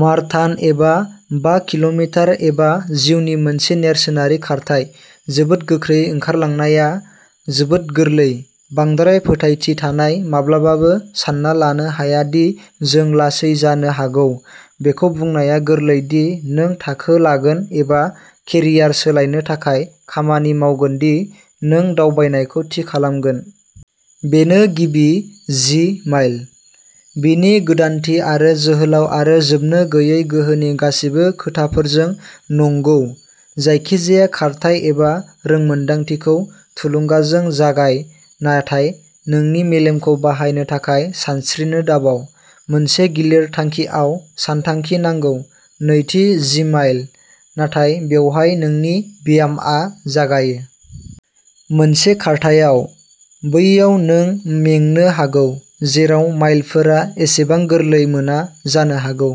Marathon एबा बा किल' मिटार एबा जिउनि मोनसे नेरसोनारि खारथाय, जोबोद गोख्रै ओंखारलांनाया जोबोद गोरलै, बांद्राय फोथायथि थानाय माब्लाबाबो सानना लानो हाया दि जों लासै जानो हागौ। बेखौ बुंनाया गोरलै दि नों थाखो लागोन एबा केरियार सोलायनो थाखाय खामानि मावगोन दि नों दावबायनायखौ थि खालामगोन। बेनो गिबि जि माइल, बिनि गोदानथि आरो जोहोलाव आरो जोबनो गैयै गोहोनि गासिबो खोथाफोरजों। नंगौ, जायखिजाया खारथाइ एबा रोंमोनदांथिखौ थुलुंगाजों जागाय नाथाय नोंनि मेलेमखौ बाहायनो थाखाय सानस्रिनो दाबाव। मोनसे गिलिर थांखिआव सानथांखि नांगौ। नैथि जि माइल, नाथाय बेवहाय नोंनि ब्यामआ जागायो। मोनसे खारथायाव, बैयाव नों मेंनो हागौ, जेराव माइलफोरा एसेबां गोरलै मोना जानो हागौ।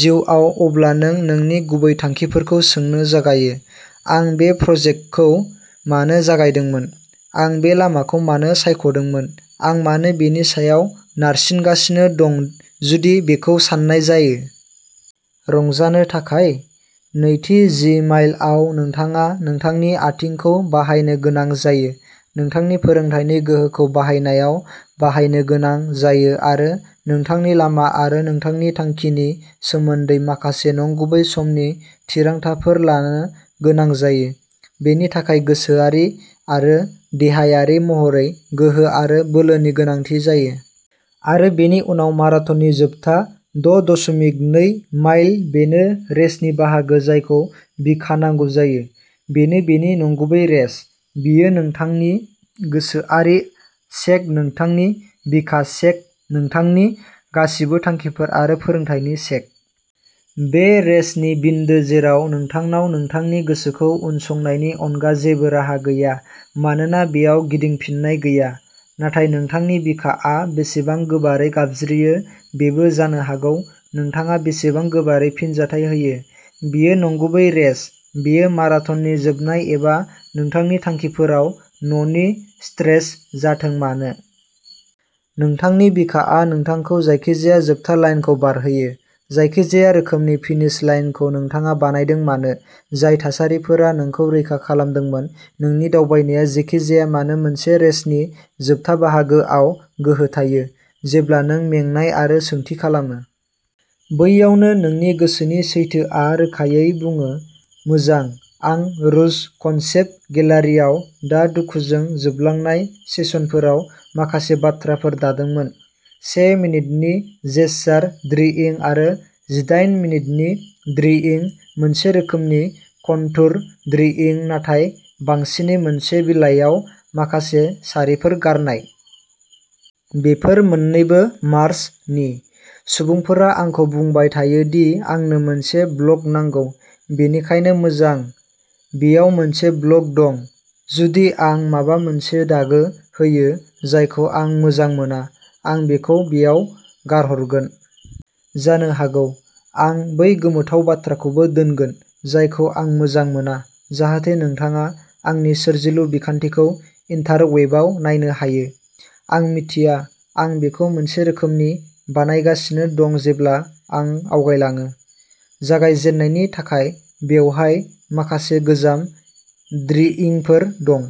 जिउआव अब्ला नों नोंनि गुबै थांखिफोरखौ सोंनो जागायो। आं बे प्रजेक्टखौ मानो जागायदोंमोन? आं बे लामाखौ मानो सायख'दोंमोन? आं मानो बेनि सायाव नारसिनगासिनो दं जुदि बेखौ सान्नाय जायो। रंजानो थाखाय? नैथि जि माइलआव नोंथाङा नोंथांनि आथिंखौ बाहायनो गोनां जायो, नोंथांनि फोरोंथायनि गोहोखौ बाहायनायाव बाहायनो गोनां जायो आरो नोंथांनि लामा आरो नोंथांनि थांखिनि सोमोन्दै माखासे नंगुबै समनि थिरांथाफोर लानो गोनां जायो। बेनि थाखाय गोसोआरि आरो देहायारि महरै गोहो आरो बोलोनि गोनांथि जायो। आरो बेनि उनाव माराथननि जोबथा द' दशमिक नै माइल बेनो रेसनि बाहागो जायखौ बिखा नांगौ जायो। बेनो बेनि नंगुबै रेस। बेयो नोंथांनि गोसोआरि चेक नोंथांनि बिखा चेक नोंथांनि गासिबो थांखिफोर आरो फोरोंथायनि चेक। बे रेसनि बिन्दो जेराव नोंथांनाव नोंथांनि गोसोखौ उनसंनायनि अनगा जेबो राहा गैया मानोना बेयाव गिदिंफिननाय गैया। नाथाय नोंथांनि बिखाआ बेसेबां गोबारै गाबज्रियो बेबो जानो हागौ नोंथाङा बेसेबां गोबारै फिनजाथाय होयो। बेयो नंगुबै रेस, बेयो माराथननि जोबनाय एबा नोंथांनि थांखिफोराव न'नि स्ट्रेच जाथों मानो। नोंथांनि बिखाआ नोंथांखौ जायखिजाया जोबथा लाइनखौ बारहोयो। जायखिजाया रोखोमनि फिनिश लाइनखौ नोंथाङा बानायदों मानो। जाय थासारिफोरा नोंखौ रैखा खालामदोंमोन, नोंनि दावबायनाया जेखि जाया मानो, मोनसे रेसनि जोबथा बाहागोआव गोहो थायो, जेब्ला नों मेंनाय आरो सोंथि खालामो। बैयावनो नोंनि गोसोनि सैथोआ रोखायै बुङो। मोजां आं रुज कन्सेप्ट गेलारियाव दा दुखुजों जोबलांनाय सेसनफोराव माखासे बाथ्राफोर दादोंमोन। से मिनिटनि जेसचार ड्रिइं आरो जिदायेन मिनिटनि ड्रिइं मोनसे रोखोमनि कन्टुर ड्रिइं नाथाय बांसिनै मोनसे बिलाइयाव माखासे सारिफोर गारनाय। बेफोर मोन्नैबो मार्च नि। सुबुंफोरा आंखौ बुंबाय थायो दि आंनो मोनसे ब्लग नांगौ। बेनिखायनो, मोजां। बेयाव मोनसे ब्लग दं। जुदि आं माबा मोनसे दागो होयो जायखौ आं मोजां मोना, आं बेखौ बेयाव गारहरगोन। जानो हागौ आं बै गोमोथाव बाथ्राखौबो दोनगोन जायखौ आं मोजां मोना जाहाथे नोंथाङा आंनि सोरजिलु बिखान्थिखौ इन्टारवेबाव नायनो हायो। आं मिथिया। आं बेखौ मोनसे रोखोमनि बानायगासिनो दं जेब्ला आं आवगायलाङो। जागायजेन्नायनि थाखाय बेवहाय माखासे गोजाम ड्रिइंफोर दं।